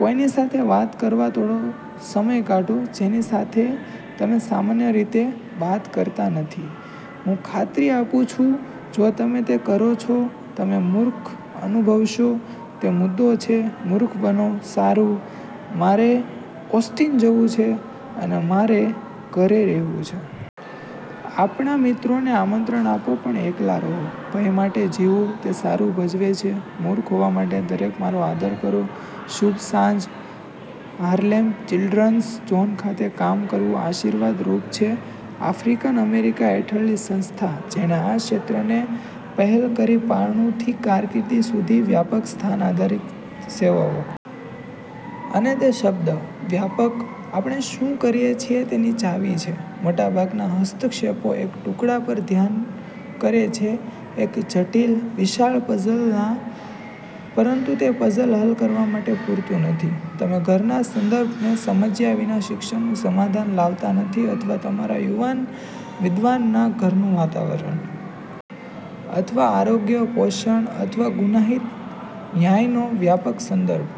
કોઈની સાથે વાત કરવા થોડો સમય કાઢો જેની સાથે તમે સામાન્ય રીતે વાત કરતા નથી. હું ખાતરી આપું છું, જો તમે તે કરો છો, તમે મૂર્ખ અનુભવશો. તે મુદ્દો છે. મૂર્ખ બનો. સારું, મારે ઓસ્ટિન જવું છે, અને મારે ઘરે રહેવું છે. આપણા મિત્રોને આમંત્રણ આપો પણ એકલા રહો. કોઈને માટે જીવો. તે સારું ભજવે છે. મૂર્ખ હોવા માટે દરેક મારો આદર કરો. શુભ સાંજ. હાર્લેમ ચિલ્ડ્રન્સ ઝોન ખાતે કામ કરવું આશીર્વાદ રૂપ છે, આફ્રિકન-અમેરિકા હેઠળની સંસ્થા, જેણે આ ક્ષેત્રને પહેલ કરી પારણું થી કારકિર્દી સુધી, વ્યાપક સ્થાન-આધારિત સેવાઓ. અને તે શબ્દ, "વ્યાપક", આપણે શું કરીએ છીએ તેની ચાવી છે. મોટાભાગના હસ્તક્ષેપો એક ટુકડા પર ધ્યાન કરે છે એક જટિલ, વિશાળ પઝલના. પરંતુ તે પઝલ હલ કરવા માટે પૂરતું નથી. તમે ઘરના સંદર્ભને સમજ્યા વિના શિક્ષણનું સમાધાન લાવતા નથી અથવા તમારા યુવાન વિદ્વાનના ઘરનું વાતાવરણ. અથવા આરોગ્ય, પોષણ અથવા ગુનાહિત ન્યાયનો વ્યાપક સંદર્ભ.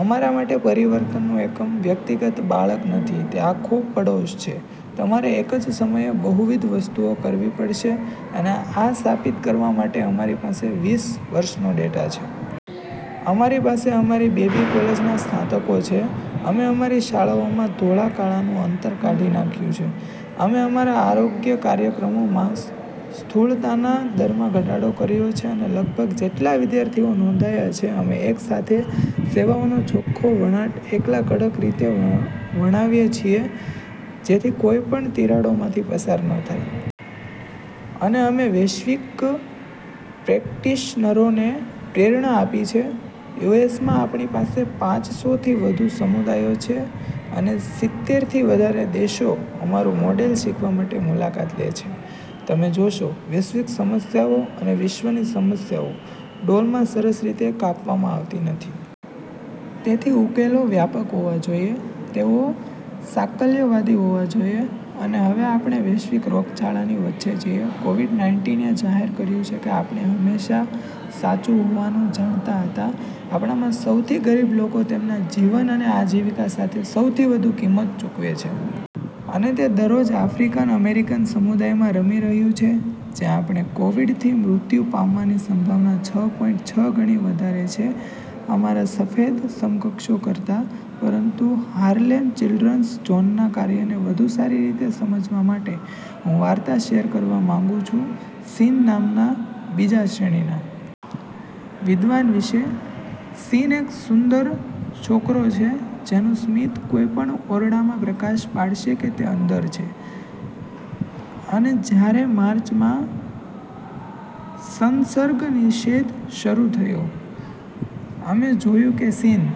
અમારા માટે પરિવર્તનનું એકમ વ્યક્તિગત બાળક નથી, તે આખો પડોશ છે. તમારે એક જ સમયે બહુવિધ વસ્તુઓ કરવી પડશે. અને આ સાબિત કરવા માટે અમારી પાસે વીસ વર્ષનો ડેટા છે. અમારી પાસે અમારી બેબી કોલેજના સ્નાતકો છે, અમે અમારી શાળાઓમાં ધોળા-કાળા નું અંતર કાઢી નાખ્યું છે. અમે અમારા આરોગ્ય કાર્યક્રમોમાં સ્થૂળતાના દરમાં ઘટાડો કર્યો છે અને લગભગ જેટલા વિદ્યાર્થીઓ નોંધાયા છે. અમે એક સાથે સેવાઓનો ચોખ્ખો વણાટ એટલા કડક રીતે વણાવીએ છીએ, જેથી કોઈ પણ તિરાડોમાંથી પસાર ન થાય. અને અમે વૈશ્વિક પ્રેક્ટિશનરોને પ્રેરણા આપી છે. યુ. એસ. માં આપણી પાસે પાંચસો થી વધુ સમુદાયો છે અને સિત્તેર થી વધારે દેશો અમારું મોડેલ શીખવા માટે મુલાકાત લે છે. તમે જોશો, વૈશ્વિક સમસ્યાઓ, અને વિશ્વની સમસ્યાઓ, ડોલમાં સરસ રીતે કાપવામાં આવતી નથી. તેથી ઉકેલો વ્યાપક હોવા જોઈએ, તેઓ સાકલ્યવાદી હોવા જોઈએ. અને હવે આપણે વૈશ્વિક રોગચાળાની વચ્ચે છીએ. કોવિડ -નાઈનટીન એ જાહેર કર્યું છે કે આપણે હંમેશાં સાચું હોવાનું જાણતા હતા. આપણામાં સૌથી ગરીબ લોકો તેમના જીવન અને આજીવિકા સાથે સૌથી વધુ કિંમત ચૂકવે છે. અને તે દરરોજ આફ્રિકન અમેરિકન સમુદાયમાં રમી રહ્યું છે, જ્યાં આપણે કોવિડથી મૃત્યુ પામવાની સંભાવના છ પોઇન્ટ છ ગણી વધારે છે અમારા સફેદ સમકક્ષો કરતા. પરંતુ હાર્લેમ ચિલ્ડ્રન્સ ઝોનના કાર્યને વધુ સારી રીતે સમજવા માટે, હું વાર્તા શેર કરવા માંગુ છું, સીન નામના બીજા-શ્રેણીના। વિદ્વાન વિશે. સીન એક સુંદર છોકરો છે જેનું સ્મિત કોઈપણ ઓરડામાં પ્રકાશ પાડશે કે તે અંદર છે. અને જ્યારે માર્ચમાં સંસર્ગનિષેધ શરૂ થયો, અમે જોયું કે સીન